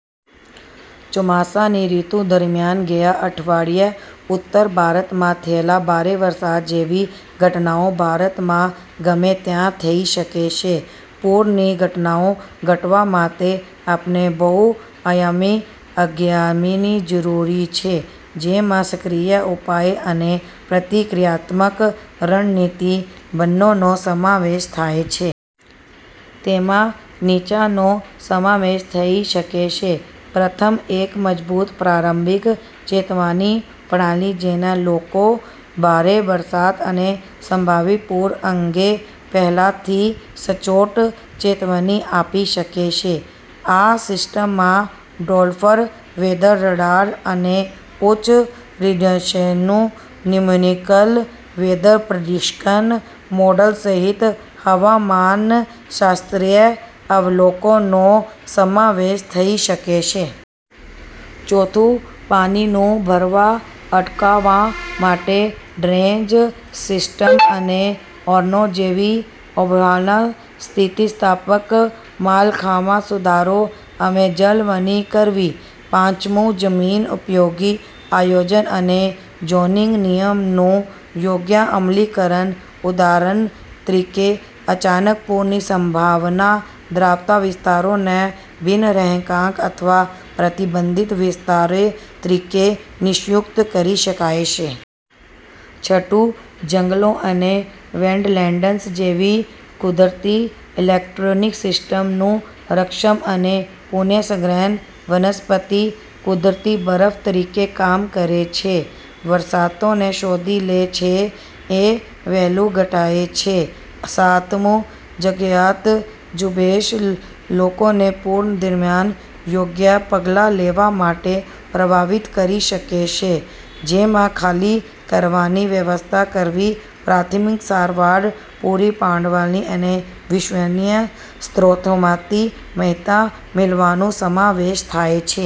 ચોમાસાની ઋતુ દરમિયાન ગયા અઠવાડીએ ઉત્તર ભારતમાં થયેલા ભારે વરસાદ જેવી ઘટનાઓ ભારતમાં ગમે ત્યાં થઈ શકે છે. પૂરની ઘટનાઓ ઘટાડવા માટે, આપણે બહુ-આયામી અભિગમની જરૂર છે, જેમાં સક્રિય ઉપાય અને પ્રતિક્રિયાત્મક રણનીતિ બંનેનો સમાવેશ થાય છે. તેમાં નીચેનાનો સમાવેશ થઈ શકે છે: પ્રથમ, એક મજબૂત પ્રારંભિક ચેતવણી પ્રણાલી, જે લોકોને ભારે વરસાદ અને સંભવિત પૂર અંગે પહેલાથી સચોટ ચેતવણી આપી શકે છે. આ સિસ્ટમમાં ડોપ્લર વેધર રડાર અને ઉચ્ચ resolution numerical weather prediction model સહિત હવામાનશાસ્ત્રીય અવલોકનોનો સમાવેશ થઈ શકે છે. ચોથું, પાણીનો ભરાવો અટકાવવા માટે ડ્રેનેજ સિસ્ટમ્સ અને ચેનલો જેવી આબોહવા-સ્થિતિસ્થાપક માળખામાં સુધારો અને જાળવણી કરવી. પાંચમું, જમીન ઉપયોગ આયોજન અને ઝોનિંગ નિયમોનું યોગ્ય અમલીકરણ. ઉદાહરણ તરીકે, અચાનક પૂરની સંભાવના ધરાવતા વિસ્તારોને બિન-રહેણાંક અથવા પ્રતિબંધિત વિસ્તારો તરીકે નિયુક્ત કરી શકાય છે. છઠ્ઠું, જંગલો અને વેટલેન્ડ્સ જેવી કુદરતી ઇકોસિસ્ટમનું રક્ષણ અને પુનઃસંગ્રહ. વનસ્પતિ કુદરતી બફર તરીકે કામ કરે છે, વરસાદને શોષી લે છે અને વહેણ ઘટાડે છે. સાત, જાગરૂકતા ઝુંબેશ લોકોને પૂર દરમિયાન યોગ્ય પગલાં લેવા માટે પ્રભાવિત કરી શકે છે, જેમાં ખાલી કરાવવાની વ્યવસ્થા કરવી, પ્રાથમિક સારવાર પૂરી પાડવી અને વિશ્વસનીય સ્ત્રોતોમાંથી માહિતી મેળવવાનો સમાવેશ થાય છે.